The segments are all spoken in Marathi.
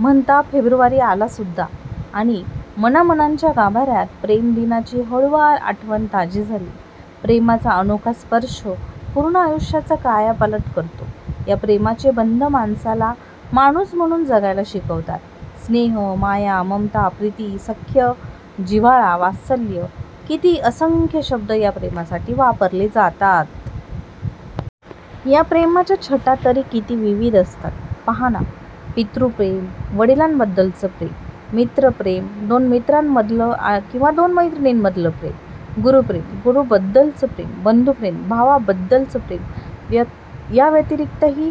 म्हणता, फेब्रुवारी आलासुध्दा आणि मनामनांच्या गाभाऱ्यात प्रेमदिनाची हळूवार आठवण ताजी झाली. प्रेमाचा अनोखा स्पर्श पूर्ण आयुष्याचा कायापालट करतो. या प्रेमाचे बंध माणसाला माणूस म्हणून जगायला शिकवतात. स्नेह, माया, ममता, प्रीती, सख्य, जिव्हाळा, वात्सल्य, किती असंख्य शब्द या प्रेमासाठी वापरले जातात. या प्रेमाच्या छटा तरी किती विविध असतात, पहाना! पितृप्रेम – वडिलांबद्दलचं प्रेम, मित्रप्रेम – दोन मित्रांमधलं किंवा दोन मैत्रिणींमधलं प्रेम, गुरूप्रेम – गुरूंबद्दलचं प्रेम, बंधुप्रेम – भावाबद्दलचं प्रेम, याव्यतिरिक्तही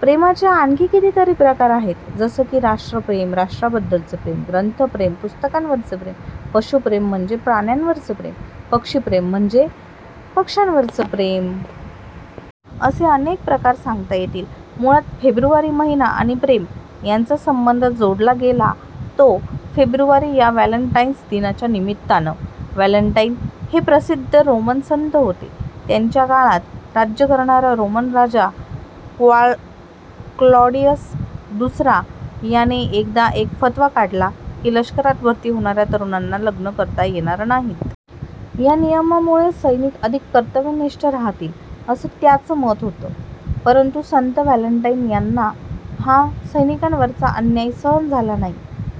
प्रेमाचे आणखी कितीतरी प्रकार आहेत, जसं की राष्ट्रप्रेम – राष्ट्राबद्दलचं प्रेम, ग्रंथप्रेम – पुस्तकांवरचं प्रेम, पशुप्रेम म्हणजे प्राण्यांवरचं प्रेम, पक्षीप्रेम म्हणजे पक्षांवरचं प्रेम. असे अनेक प्रकार सांगता येतील. मुळात फेब्रुवारी महिना आणि प्रेम यांचा संबंध जोडला गेला तो फेब्रुवारी या व्हॅलेन्टाइन्स दिनाच्या निमित्तान. व्हॅलेन्टाइन हे प्रसिध्द रोमन संत होते. त्यांच्या काळात राज्य करणारा रोमन राजा ''क्लॉडिअस दुसरा'' याने एकदा एक फतवा काढला की लष्करात भरती होणाऱ्या तरुणांना लग्न करता येणार नाहीत. या नियमामुळे सैनिक अधिक कर्तव्यनिष्ठ राहतील, असं त्याचं मत होतं. परंतु संत व्हॅलेन्टाइन यांना हा सैनिकांवरचा अन्याय सहन झाला नाही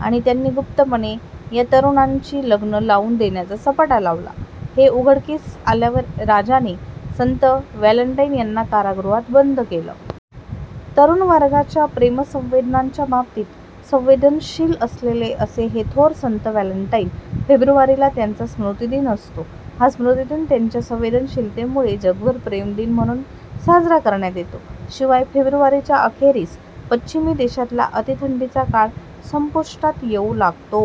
आणि त्यांनी गुप्तपणे या तरुणांची लग्न लावून देण्याचा सपाटा लावला. हे उघडकीस आल्यावर राजाने संत व्हॅलेन्टाइन यांना कारागृहात बंद केलं. तरुणवर्गाच्या प्रेमसंवेदनांच्या बाबतीत संवेदनशील असलेले असे हे थोर संत – व्हॅलेन्टाइन. फेब्रुवारीला त्यांचा स्मृतिदिन असतो. हा स्मृतिदिन त्यांच्या संवेदनशीलतेमुळे जगभर प्रेमदिन म्हणून साजरा करण्यात येतो. शिवाय फेब्रुवारीच्या अखेरीस पश्चिमी देशातला अतिथंडीचा काळ संपुष्टात येऊ लागतो.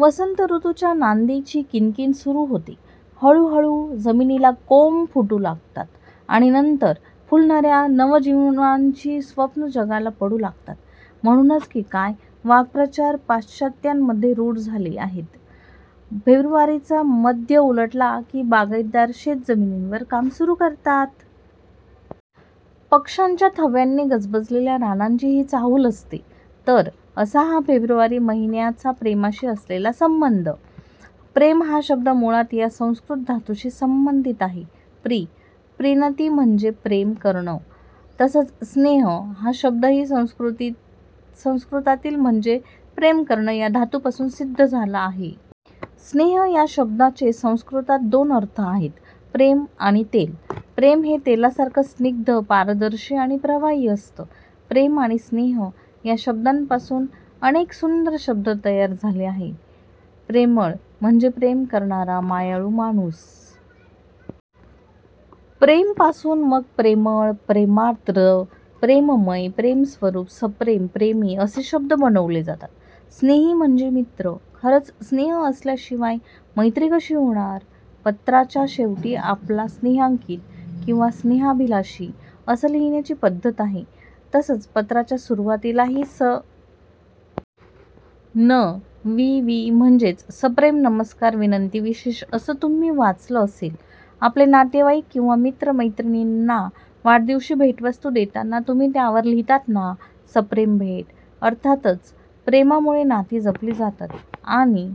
वसंत ऋतूच्या नांदीची कीणकीण सुरू होते. हळुहळू जमिनीला कोंभ फुटू लागतात आणि नंतर फुलणाऱ्या नवजीवनाची स्वप्नं जगाला पडू लागतात. म्हणूनच की काय, ' वाक्प्रचार पाश्चात्यांमध्ये रुढ झाले आहेत. फेब्रुवारीचा मध्य उलटला की बागाईतदार शेतजमिनींवर कामं सुरू करतात. पक्षांच्या थव्यांनी गजबजलेल्या रानांची ही चाहूल असते. तर असा हा फेब्रुवारी महिन्याचा प्रेमाशी असलेला संबंध. प्रेम हा शब्द मुळात या संस्कृत धातूशी संबंधित आहे. प्री – प्रीणति म्हणजे प्रेम करणं. तसंच स्नेह हा शब्दही संस्कृतातील म्हणजे प्रेम करणं या धातूपासून सिध्द झाला आहे. स्नेह या शब्दाचे संस्कृतात दोन अर्थ आहेत. प्रेम आणि तेल. प्रेम हे तेलासारखं स्निग्ध, पारदर्शी आणि प्रवाही असतं. प्रेम आणि स्नेह या शब्दांपासून अनेक सुंदर शब्द तयार झाले आहेत. प्रेमळ म्हणजे प्रेम करणारा मायाळू माणूस. प्रेमपासून मग प्रेमळ, प्रेमार्द्र, प्रेममय, प्रेमस्वरुप, सप्रेम, प्रेमी असे शब्द बनवले जातात. स्नेही म्हणे मित्र. खरंच स्नेह असल्याशिवाय मैत्री कशी होणार? पत्राच्या शेवटी आपला स्नेहांकित किंवा स्नेहाभिलाषि असं लिहिण्याची पध्दत आहे. तसंच पत्राच्या सुरुवातीलाही स. न. वि. वि. म्हणजेच सप्रेम नमस्कार विनंती विशेष असं तुम्ही वाचलं असेल. आपले नातेवाईक किंवा मित्र-मैत्रिणींना वाढदिवशी भेटवस्तू देताना तुम्ही त्यावर लिहिता ना, सप्रेम भेट! अर्थातच प्रेमामुळे नाती जपली जातात आणि